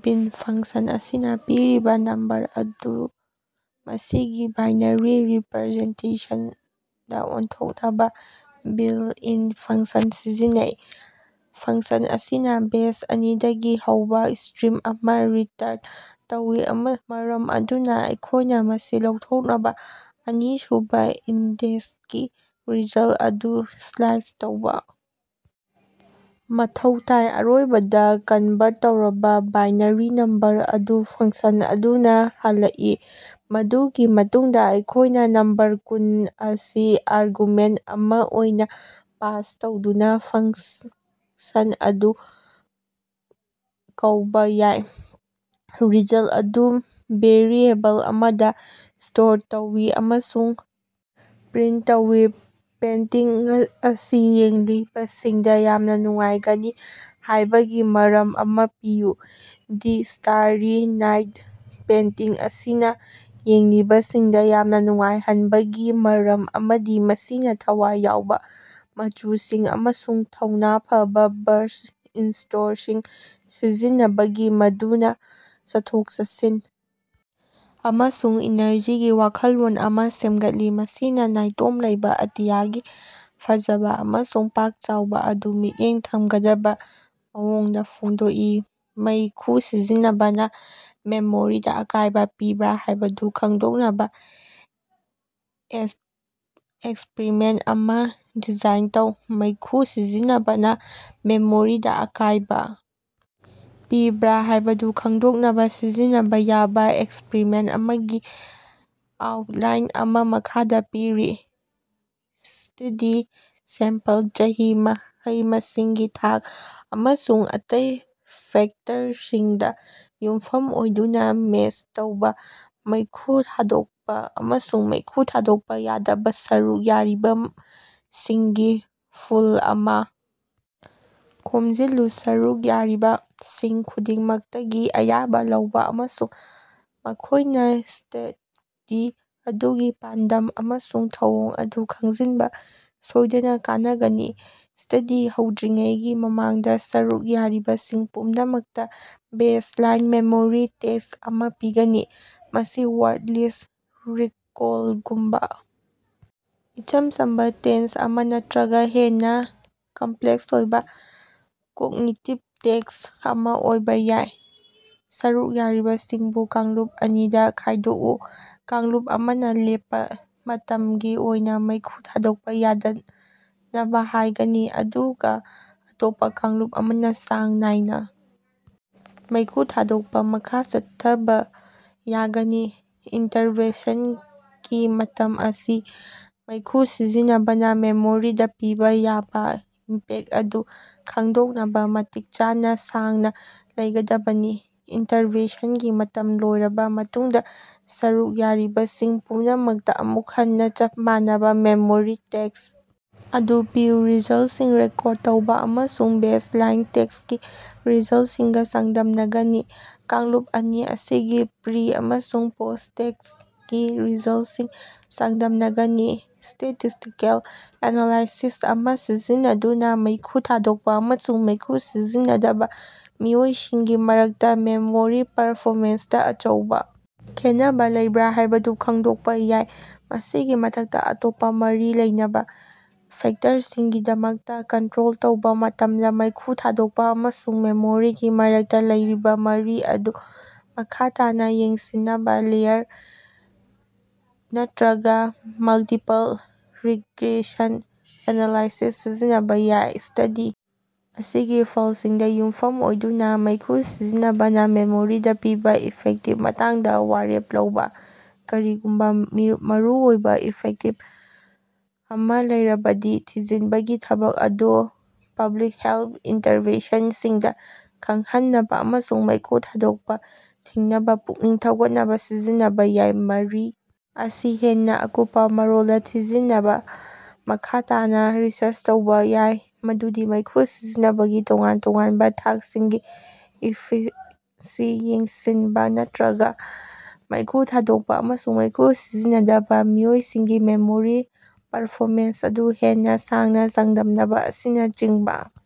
ꯕꯤꯟ function ꯑꯁꯤꯅꯥ ꯄꯤꯔꯤꯕꯥ number ꯑꯗꯨ ꯃꯁꯤꯒꯤ ꯕꯥꯏꯅꯥꯔꯤ ꯔꯤꯄ꯭ꯔꯖꯦꯟꯇꯦꯁꯟꯗꯥ ꯑꯣꯟꯊꯣꯛꯅꯕꯥ ꯕꯤꯜꯇ-ꯏꯟ ꯐꯪꯁꯟ ꯁꯤꯖꯤꯟꯅꯩ꯫ ꯐꯪꯁꯟ ꯑꯁꯤꯅꯥ ꯕꯦꯁ ꯑꯅꯤꯗꯒꯤ ꯍꯧꯕꯥ ꯏꯁꯇ꯭ꯔꯤꯡ ꯑꯃꯥ ꯔꯤꯇ꯭ꯔꯟ ꯇꯧꯏ ꯃꯔꯝ ꯑꯗꯨꯅꯥ ꯑꯩꯈꯣꯏꯅꯥ ꯃꯁꯤ ꯂꯧꯊꯣꯛꯅꯕꯥ ꯑꯅꯤꯁꯨꯕꯥ ꯏꯟꯗꯦꯛꯁꯇꯒꯤ ꯔꯤꯖꯜ ꯑꯗꯨ ꯁ꯭ꯂꯥꯏꯁ ꯇꯧꯕꯥ ꯃꯊꯧ ꯇꯥꯏ꯫ ꯑꯔꯣꯏꯕꯗꯥ, ꯀꯟꯚꯥꯔꯠ ꯇꯧꯔꯕꯥ ꯕꯥꯏꯅꯥꯔꯤ ꯅꯝꯕꯔ ꯑꯗꯨ ꯐꯪꯁꯟ ꯑꯗꯨꯅꯥ ꯍꯜꯂꯛꯏ꯫ ꯃꯗꯨꯒꯤ ꯃꯇꯨꯡꯗꯥ ꯑꯩꯈꯣꯏꯅꯥ ꯅꯝꯕꯔ ꯀꯨꯟ ꯑꯁꯤ ꯑꯥꯔꯒꯨꯃꯦꯟꯇ ꯑꯃꯥ ꯑꯣꯏꯅꯥ ꯄꯥꯁ ꯇꯧꯗꯨꯅꯥ ꯐꯪꯁꯟ ꯑꯁꯤ ꯀꯧꯕꯥ ꯌꯥꯏ꯫ ꯔꯤꯖꯜ ꯑꯗꯨ ꯚꯦꯔꯤꯑꯦꯕꯜ ꯑꯃꯗꯥ ꯁ꯭ꯇꯣꯔ ꯇꯧꯏ ꯑꯃꯁꯨꯡ ꯄ꯭ꯔꯤꯟꯇ ꯇꯧꯏ꯫ ꯄꯦꯟꯇꯤꯡ ꯑꯁꯤ ꯌꯦꯡꯂꯤꯕꯁꯤꯡꯗꯥ ꯌꯥꯝꯅꯥ ꯅꯨꯡꯉꯥꯏꯒꯅꯤ ꯍꯥꯏꯕꯒꯤ ꯃꯔꯝ ꯑꯃꯥ ꯄꯤꯌꯨ꯫ ꯗꯤ ꯁ꯭ꯇꯥꯔꯔꯤ ꯅꯥꯏꯠ ꯄꯦꯟꯇꯤꯡ ꯑꯁꯤꯅꯥ ꯌꯦꯡꯂꯤꯕꯁꯤꯡꯗꯥ ꯌꯥꯝꯅꯥ ꯅꯨꯡꯉꯥꯏꯍꯟꯕꯒꯤ ꯃꯔꯝ ꯑꯃꯗꯤ ꯃꯁꯤꯅꯥ ꯊꯋꯥꯏ ꯌꯥꯎꯕꯥ ꯃꯆꯨꯁꯤꯡ ꯑꯃꯁꯨꯡ ꯊꯧꯅꯥ ꯐꯕꯥ ꯕ꯭ꯔꯥꯁ ꯢꯁꯇ꯭ꯔꯣꯛꯁꯤꯡ ꯁꯤꯖꯤꯟꯅꯕꯅꯤ ꯃꯗꯨꯅꯥ ꯆꯠꯊꯣꯛ-ꯆꯠꯁꯤꯟ ꯑꯃꯁꯨꯡ ꯏꯅꯔꯖꯤꯒꯤ ꯋꯥꯈꯜꯂꯣꯟ ꯑꯃꯥ ꯁꯦꯝꯒꯠꯂꯤ, ꯃꯁꯤꯅꯥ ꯅꯥꯏꯇꯣꯝ ꯂꯩꯕꯥ ꯑꯇꯤꯌꯥꯒꯤ ꯐꯖꯕꯥ ꯑꯃꯁꯨꯡ ꯄꯥꯛ ꯆꯥꯎꯕꯥ ꯑꯗꯨ ꯃꯤꯠꯌꯦꯡ ꯊꯝꯒꯗꯕꯥ ꯃꯑꯣꯡꯗꯥ ꯐꯣꯡꯗꯣꯛꯏ꯫ ꯃꯩꯈꯨ ꯁꯤꯖꯤꯟꯅꯕꯅꯥ ꯃꯦꯃꯣꯔꯤꯗꯥ ꯑꯀꯥꯏꯕꯥ ꯄꯤꯕ꯭ꯔꯥ ꯍꯥꯏꯕꯗꯨ ꯈꯪꯗꯣꯛꯅꯕꯥ ꯑꯦꯛꯁꯄ꯭ꯔꯤꯃꯦꯟꯇ ꯑꯃꯥ ꯗꯤꯖꯥꯏꯟ ꯇꯧ꯫ ꯃꯩꯈꯨ ꯁꯤꯖꯤꯟꯅꯕꯅꯥ ꯃꯦꯃꯣꯔꯤꯗꯥ ꯑꯀꯥꯏꯕꯥ ꯄꯤꯕ꯭ꯔꯥ ꯍꯥꯏꯕꯗꯨ ꯈꯪꯗꯣꯛꯅꯕꯥ ꯁꯤꯖꯤꯟꯅꯕꯥ ꯌꯥꯕꯥ ꯑꯦꯛꯁꯄ꯭ꯔꯤꯃꯦꯟꯇ ꯑꯃꯒꯤ ꯑꯥꯎꯠꯂꯥꯏꯟ ꯑꯃꯥ ꯃꯈꯥꯗꯥ ꯄꯤꯔꯤ꯫ ꯁ꯭ꯇꯗꯤ ꯁꯦꯝꯄꯜ ꯆꯍꯤ, ꯃꯍꯩ-ꯃꯁꯤꯡꯒꯤ ꯊꯥꯛ, ꯑꯃꯁꯨꯡ ꯑꯇꯩ ꯐꯦꯛꯇꯔꯁꯤꯡꯗꯥ ꯌꯨꯝꯐꯝ ꯑꯣꯏꯗꯨꯅꯥ ꯃꯦꯁ ꯇꯧꯕꯥ, ꯃꯩꯈꯨ ꯊꯥꯗꯣꯛꯄꯥ ꯑꯃꯁꯨꯡ ꯃꯩꯈꯨ ꯊꯥꯗꯣꯛꯄꯥ ꯌꯥꯗꯕꯥ ꯁꯔꯨꯛ ꯌꯥꯔꯤꯕꯁꯤꯡꯒꯤ ꯄꯨꯜ ꯑꯃꯥ ꯈꯣꯝꯖꯤꯜꯂꯨ꯫ ꯁꯔꯨꯛ ꯌꯥꯔꯤꯕꯁꯤꯡ ꯈꯨꯗꯤꯡꯃꯛꯇꯒꯤ ꯑꯌꯥꯕꯥ ꯂꯧꯕꯥ ꯑꯃꯁꯨꯡ ꯃꯈꯣꯏꯅꯥ ꯁ꯭ꯇꯗꯤ ꯑꯗꯨꯒꯤ ꯄꯥꯟꯗꯝ ꯑꯃꯁꯨꯡ ꯊꯧꯑꯣꯡ ꯑꯗꯨ ꯈꯪꯖꯤꯟꯕꯥ ꯁꯣꯏꯗꯅꯥ ꯀꯅꯥꯒꯅꯤ꯫ ꯁ꯭ꯇꯗꯤ ꯍꯧꯗ꯭ꯔꯤꯉꯩꯒꯤ ꯃꯃꯥꯡꯗꯥ ꯁꯔꯨꯛ ꯌꯥꯔꯤꯕꯁꯤꯡ ꯄꯨꯝꯅꯃꯛꯇꯥ ꯕꯦꯖ ꯂꯥꯏꯟ ꯃꯦꯃꯣꯔꯤ ꯇꯦꯁ ꯑꯃꯥ ꯄꯤꯒꯅꯤ꯫ ꯃꯁꯤ ꯋꯥꯔꯗ ꯂꯤꯁ ꯔꯤꯀꯣꯜꯒꯨꯝꯕꯥ ꯏꯆꯝ ꯆꯝꯕꯥ ꯇꯦꯁ ꯑꯃꯥ ꯅꯠꯇ꯭ꯔꯒꯥ ꯍꯦꯟꯅꯥ ꯀꯝꯄ꯭ꯂꯦꯛꯁ ꯑꯣꯏꯕꯥ ꯀꯣꯛꯅꯤꯇꯤꯚ ꯇꯦꯁ ꯑꯃꯥ ꯑꯣꯏꯕꯥ ꯌꯥꯏ꯫ ꯁꯔꯨꯛ ꯌꯥꯔꯤꯕꯁꯤꯡꯕꯨ ꯀꯥꯡꯂꯨꯞ ꯑꯅꯤꯗꯥ ꯈꯥꯏꯗꯣꯛꯎ꯫ ꯀꯥꯡꯂꯨꯞ ꯑꯃꯅꯥ ꯂꯦꯞꯄꯥ ꯃꯇꯝꯒꯤ ꯑꯣꯏꯅꯥ ꯃꯩꯈꯨ ꯊꯥꯗꯣꯛꯄꯥ ꯌꯥꯗꯅꯕꯥ ꯍꯥꯏꯒꯅꯤ, ꯑꯗꯨꯒꯥ ꯑꯇꯣꯞꯄꯥ ꯀꯥꯡꯂꯨꯞ ꯑꯃꯅꯥ ꯆꯥꯡ ꯅꯥꯏꯅꯥ ꯃꯩꯈꯨ ꯊꯥꯗꯣꯛꯄꯥ ꯃꯈꯥ ꯆꯠꯊꯕꯥ ꯌꯥꯒꯅꯤ꯫ ꯏꯟꯇꯔꯚꯦꯟꯁꯟꯒꯤ ꯃꯇꯝ ꯑꯁꯤ ꯃꯩꯈꯨ ꯁꯤꯖꯤꯟꯅꯕꯅꯥ ꯃꯦꯃꯣꯔꯤꯗꯥ ꯄꯤꯕꯥ ꯌꯥꯕꯥ ꯏꯝꯄꯦꯛ ꯑꯗꯨ ꯈꯪꯗꯣꯛꯅꯕꯥ ꯃꯇꯤꯛ ꯆꯥꯅꯥ ꯁꯥꯡꯅꯥ ꯂꯩꯒꯗꯕꯅꯤ꯫ ꯏꯟꯇꯔꯚꯦꯟꯁꯟꯒꯤ ꯃꯇꯝ ꯂꯣꯏꯔꯕꯥ ꯃꯇꯨꯡꯗꯥ, ꯁꯔꯨꯛ ꯌꯥꯔꯤꯕꯁꯤꯡ ꯄꯨꯝꯅꯃꯛꯇꯥ ꯑꯃꯨꯛ ꯍꯟꯅꯥ ꯆꯞ ꯃꯥꯟꯅꯕꯥ ꯃꯦꯃꯣꯔꯤ ꯇꯦꯁ ꯑꯗꯨ ꯄꯤꯌꯨ꯫ ꯔꯤꯖꯜꯁꯤꯡ ꯔꯦꯀꯣꯔꯗ ꯇꯧꯕꯥ ꯑꯃꯁꯨꯡ ꯕꯦꯖ ꯂꯥꯏꯟ ꯇꯦꯁꯀꯤ ꯔꯤꯖꯜꯁꯤꯡꯒꯥ ꯆꯥꯡꯗꯝꯅꯒꯅꯤ꯫ ꯀꯥꯡꯂꯨꯞ ꯑꯅꯤ ꯑꯁꯤꯒꯤ ꯄ꯭ꯔꯤ- ꯑꯃꯁꯨꯡ ꯄꯣꯁ꯭ꯠ-ꯇꯦꯁꯀꯤ ꯔꯤꯖꯜꯁꯤꯡ ꯆꯥꯡꯗꯝꯅꯒꯅꯤ꯫ ꯁ꯭ꯇꯦꯇꯤꯁ꯭ꯇꯤꯀꯦꯜ ꯑꯦꯅꯥꯂꯥꯏꯁꯤꯁ ꯑꯃꯥ ꯁꯤꯖꯤꯟꯅꯗꯨꯅꯥ ꯃꯩꯈꯨ ꯊꯥꯗꯣꯛꯄꯥ ꯑꯃꯁꯨꯡ ꯃꯩꯈꯨ ꯁꯤꯖꯤꯟꯅꯗꯕꯥ ꯃꯤꯑꯣꯏꯁꯤꯡꯒꯤ ꯃꯔꯛꯇꯥ ꯃꯦꯃꯣꯔꯤ ꯄꯔꯐꯣꯃꯦꯟꯁꯇꯥ ꯑꯆꯧꯕꯥ ꯈꯦꯠꯅꯕꯥ ꯂꯩꯕ꯭ꯔꯥ ꯍꯥꯏꯕꯗꯨ ꯈꯪꯗꯣꯛꯄꯥ ꯌꯥꯏ꯫ ꯃꯁꯤꯒꯤ ꯃꯊꯛꯇꯥ, ꯑꯇꯣꯞꯄꯥ ꯃꯔꯤ ꯂꯩꯅꯕꯥ ꯐꯦꯛꯇꯔꯁꯤꯡꯒꯤꯗꯃꯛꯇꯥ ꯀꯟꯇ꯭ꯔꯣꯜ ꯇꯧꯕꯥ ꯃꯇꯝꯗꯥ ꯃꯩꯈꯨ ꯊꯥꯗꯣꯛꯄꯥ ꯑꯃꯁꯨꯡ ꯃꯦꯃꯣꯔꯤꯒꯤ ꯃꯔꯛꯇꯥ ꯂꯩꯔꯤꯕꯥ ꯃꯔꯤ ꯑꯗꯨ ꯃꯈꯥ ꯇꯥꯅꯥ ꯌꯦꯡꯁꯤꯟꯅꯕꯥ ꯂꯤꯅꯤꯌꯔ ꯅꯠꯇ꯭ꯔꯒꯥ ꯃꯜꯇꯤꯄꯜ ꯔꯤꯒ꯭ꯔꯦꯁꯟ ꯑꯦꯅꯥꯂꯥꯏꯁꯤꯁ ꯁꯤꯖꯤꯟꯅꯕꯥ ꯌꯥꯏ꯫ ꯁ꯭ꯇꯗꯤ ꯑꯁꯤꯒꯤ ꯐꯜꯁꯤꯡꯗꯥ ꯌꯨꯝꯐꯝ ꯑꯣꯏꯗꯨꯅꯥ, ꯃꯩꯈꯨ ꯁꯤꯖꯤꯟꯅꯕꯅꯥ ꯃꯦꯃꯣꯔꯤꯗꯥ ꯄꯤꯕꯥ ꯏꯐꯦꯛꯇꯀꯤ ꯃꯇꯥꯡꯗꯥ ꯋꯥꯔꯦꯞ ꯂꯧꯕꯥ꯫ ꯀꯔꯤꯒꯨꯝꯕꯥ ꯃꯔꯨꯑꯣꯏꯕꯥ ꯏꯐꯦꯛꯇ ꯑꯃꯥ ꯂꯩꯔꯕꯗꯤ, ꯊꯤꯖꯤꯟꯕꯒꯤ ꯊꯕꯛ ꯑꯗꯨ ꯄꯕ꯭ꯂꯤꯛ ꯍꯦꯜ ꯏꯟꯇꯔꯚꯦꯟꯁꯟꯁꯤꯡꯗꯥ ꯈꯪꯍꯟꯅꯕꯥ ꯑꯃꯁꯨꯡ ꯃꯩꯈꯨ ꯊꯥꯗꯣꯛꯄꯥ ꯊꯤꯡꯅꯕꯥ ꯄꯨꯛꯅꯤꯡ ꯊꯧꯒꯠꯅꯕꯥ ꯁꯤꯖꯤꯟꯅꯕꯥ ꯌꯥꯏ꯫ ꯃꯔꯤ ꯑꯁꯤ ꯍꯦꯟꯅꯥ ꯑꯀꯨꯞꯄꯥ ꯃꯔꯣꯜꯗꯥ ꯊꯤꯖꯤꯟꯅꯕꯥ ꯃꯈꯥ ꯇꯥꯕꯥ ꯔꯤꯁꯔꯆ ꯇꯧꯕꯥ ꯌꯥꯏ, ꯃꯗꯨꯗꯤ ꯃꯩꯈꯨ ꯁꯤꯖꯤꯟꯅꯕꯒꯤ ꯇꯣꯉꯥꯟ ꯇꯣꯉꯥꯟꯕꯥ ꯊꯥꯛꯁꯤꯡꯒꯤ ꯏꯐꯦꯛꯁꯤꯡ ꯌꯦꯡꯁꯤꯟꯕꯥ ꯅꯠꯇ꯭ꯔꯒꯥ ꯃꯩꯈꯨ ꯊꯥꯗꯣꯛꯄꯥ ꯑꯃꯁꯨꯡ ꯃꯩꯈꯨ ꯁꯤꯖꯤꯟꯅꯗꯕꯥ ꯃꯤꯑꯣꯏꯁꯤꯡꯒꯤ ꯃꯦꯃꯣꯔꯤ ꯄꯔꯐꯣꯃꯦꯟꯁ ꯑꯗꯨ ꯍꯦꯟꯅꯥ ꯁꯥꯡꯅꯥ ꯆꯥꯡꯗꯝꯅꯕꯥ ꯑꯁꯤꯅꯆꯤꯡꯕꯅꯤ꯫